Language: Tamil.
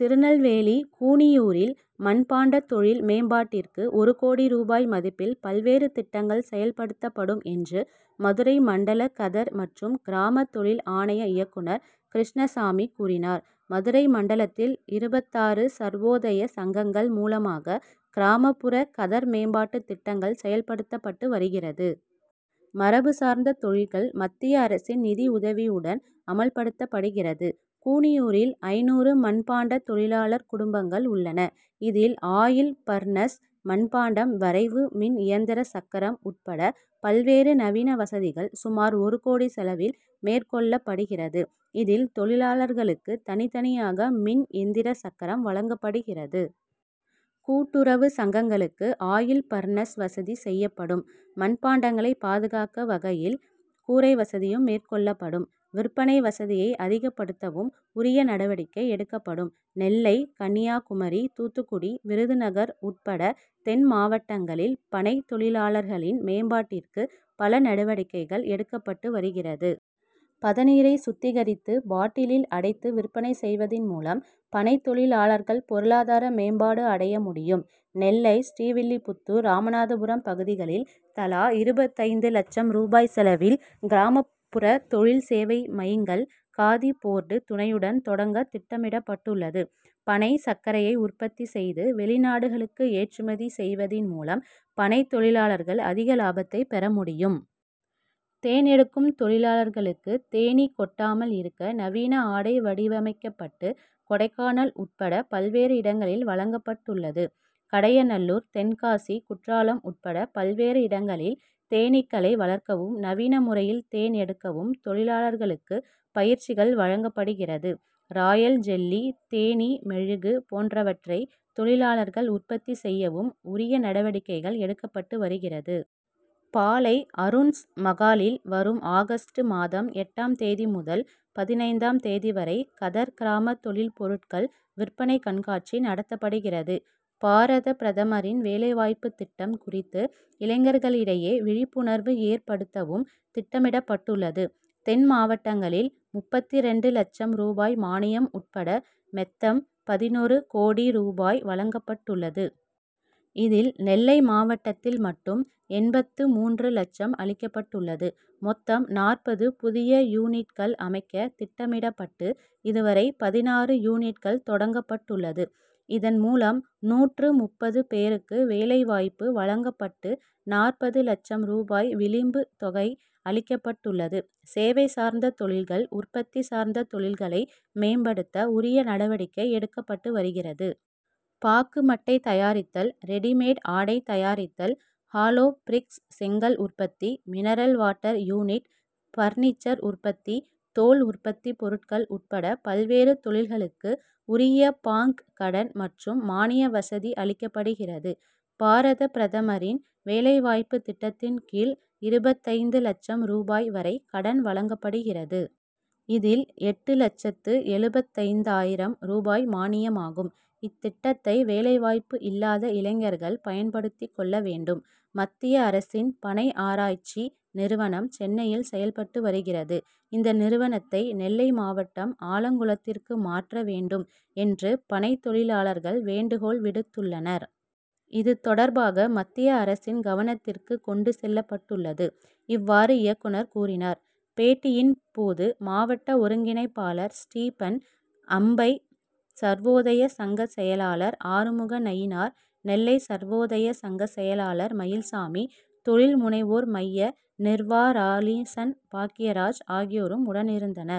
திருநெல்வேலி கூனியூரில் மண்பாண்ட தொழில் மேம்பாட்டிற்கு ஒரு கோடி ரூபாய் மதிப்பில் பல்வேறு திட்டங்கள் செயல்படுத்தப்படும் என்று மதுரை மண்டல கதர் மற்றும் கிராம தொழில் ஆணைய இயக்குனர் கிருஷ்ணசாமி கூறினார். மதுரை மண்டலத்தில் இருபத்தாறு சர்வோதய சங்கங்கள் மூலமாக கிராமப்புற கதர் மேம்பாட்டு திட்டங்கள் செயல்படுத்தப்பட்டு வருகிறது. மரபு சார்ந்த தொழில்கள் மத்திய அரசின் நிதி உதவியுடன் அமல்படுத்தப்படுகிறது. கூனியூரில் ஐந்நூறு மண்பாண்ட தொழிலாளர் குடும்பங்கள் உள்ளன. இதில் ஆயில் பர்னஸ், மண்பாண்டம் வரைவு மின் இயந்திர சக்கரம் உட்பட பல்வேறு நவீன வசதிகள் சுமார் ஒரு கோடி செலவில் மேற்கொள்ளப்படுகிறது. இதில் தொழிலாளர்களுக்கு தனித்தனியாக மின் எந்திர சக்கரம் வழங்கப்படுகிறது. கூட்டுறவு சங்கங்களுக்கு ஆயில் பர்னஸ் வசதி செய்யப்படும். மண் பாண்டங்களை பாதுகாக்க வகையில் கூரை வசதியும் மேற்கொள்ளப்படும். விற்பனை வசதியை அதிகப்படுத்தவும் உரிய நடவடிக்கை எடுக்கப்படும். நெல்லை, கன்னியாகுமரி, தூத்துக்குடி, விருதுநகர் உட்பட தென் மாவட்டங்களில் பனைத் தொழிலாளர்களின் மேம்பாட்டிற்கு பல நடவடிக்கைகள் எடுக்கப்பட்டு வருகிறது. பதனீரை சுத்திகரித்து பாட்டிலில் அடைத்து விற்பனை செய்வதின் மூலம் பனைத் தொழிலாளர்கள் பொருளாதார மேம்பாடு அடைய முடியும். நெல்லை, ஸ்ரீவில்லிபுத்தூர், ராமநாதபுரம் பகுதிகளில் தலா இருபத்தைந்து லட்சம் ரூபாய் செலவில் கிராமப்புற தொழில் சேவை மைங்கள் காதி போர்டு துணையுடன் தொடங்க திட்டமிடப்பட்டுள்ளது. பனை சர்க்கரையை உற்பத்தி செய்து வெளிநாடுகளுக்கு ஏற்றுமதி செய்வதின் மூலம் பனைத் தொழிலாளர்கள் அதிக லாபத்தை பெற முடியும். தேன் எடுக்கும் தொழிலாளர்களுக்கு தேனீ கொட்டாமல் இருக்க நவீன ஆடை வடிவமைக்கப்பட்டு கொடைக்கானல் உட்பட பல்வேறு இடங்களில் வழங்கப்பட்டுள்ளது. கடையநல்லூர், தென்காசி, குற்றாலம் உட்பட பல்வேறு இடங்களில் தேனீக்களை வளர்க்கவும், நவீன முறையில் தேன் எடுக்கவும் தொழிலாளர்களுக்கு பயிற்சிகள் வழங்கப்படுகிறது. ராயல் ஜெல்லி, தேனீ மெழுகு போன்றவற்றை தொழிலாளர்கள் உற்பத்தி செய்யவும் உரிய நடவடிக்கைகள் எடுக்கப்பட்டு வருகிறது. பாளை அருண்ஸ் மகாலில் வரும் ஆகஸ்ட் மாதம் எட்டாம் தேதி முதல் பதினைந்தாம் தேதி வரை கதர் கிராம தொழில் பொருட்கள் விற்பனை கண்காட்சி நடத்தப்படுகிறது. பாரத பிரதமரின் வேலைவாய்ப்பு திட்டம் குறித்து இளைஞர்களிடையே விழிப்புணர்வு ஏற்படுத்தவும் திட்டமிடப்பட்டுள்ளது. தென் மாவட்டங்களில் முப்பத்திரண்டு லட்சம் ரூபாய் மானியம் உட்பட மெத்தம் பதினொரு கோடி ரூபாய் வழங்கப்பட்டுள்ளது. இதில் நெல்லை மாவட்டத்தில் மட்டும் எண்பத்து மூன்று லட்சம் அளிக்கப்பட்டுள்ளது. மொத்தம் நாற்பது புதிய யூனிட்கள் அமைக்க திட்டமிடப்பட்டு இதுவரை பதினாறு யூனிட்கள் தொடங்கப்பட்டுள்ளது. இதன் மூலம் நூற்று முப்பது பேருக்கு வேலைவாய்ப்பு வழங்கப்பட்டு நாற்பது லட்சம் ரூபாய் விளிம்பு தொகை அளிக்கப்பட்டுள்ளது. சேவை சார்ந்த தொழில்கள், உற்பத்தி சார்ந்த தொழில்களை மேம்படுத்த உரிய நடவடிக்கை எடுக்கப்பட்டு வருகிறது. பாக்கு மட்டை தயாரித்தல், ரெடிமேட் ஆடை தயாரித்தல், ஹாலோ பிரிக்ஸ் செங்கல் உற்பத்தி, மினரல் வாட்டர் யூனிட், பர்னிச்சர் உற்பத்தி, தோல் உற்பத்தி பொருட்கள் உட்பட பல்வேறு தொழில்களுக்கு உரிய பாங்க் கடன் மற்றும் மானிய வசதி அளிக்கப்படுகிறது. பாரத பிரதமரின் வேலைவாய்ப்பு திட்டத்தின் கீழ் இருபத்தைந்து லட்சம் ரூபாய் வரை கடன் வழங்கப்படுகிறது. இதில் எட்டு லட்சத்து எழுபத்தைந்தாயிரம் ரூபாய் மானியமாகும். இத்திட்டத்தை வேலைவாய்ப்பு இல்லாத இளைஞர்கள் பயன்படுத்தி கொள்ள வேண்டும். மத்திய அரசின் பனை ஆராய்ச்சி நிறுவனம் சென்னையில் செயல்பட்டு வருகிறது. இந்த நிறுவத்தை நெல்லை மாவட்டம் ஆலங்குளத்திற்கு மாற்ற வேண்டும் என்று பனைத் தொழிலாளர்கள் வேண்டுகோள் விடுத்துள்ளனர். இதுதொடர்பாக மத்திய அரசின் கவனத்திற்கு கொண்டு செல்லப்பட்டுள்ளது. இவ்வாறு இயக்குனர் கூறினார். பேட்டியின் போது மாவட்ட ஒருங்கிணைப்பாளர் ஸ்டீபன், அம்பை சர்வோதய சங்க செயலாளர் ஆறுமுக நயினார். நெல்லை சர்வோதய சங்க செயலாளர் மயில்சாமி, தொழில் முனைவோர் மைய நிர்வா ராலிசன் பாக்கியராஜ் ஆகியோரும் உடனிருந்தனர்.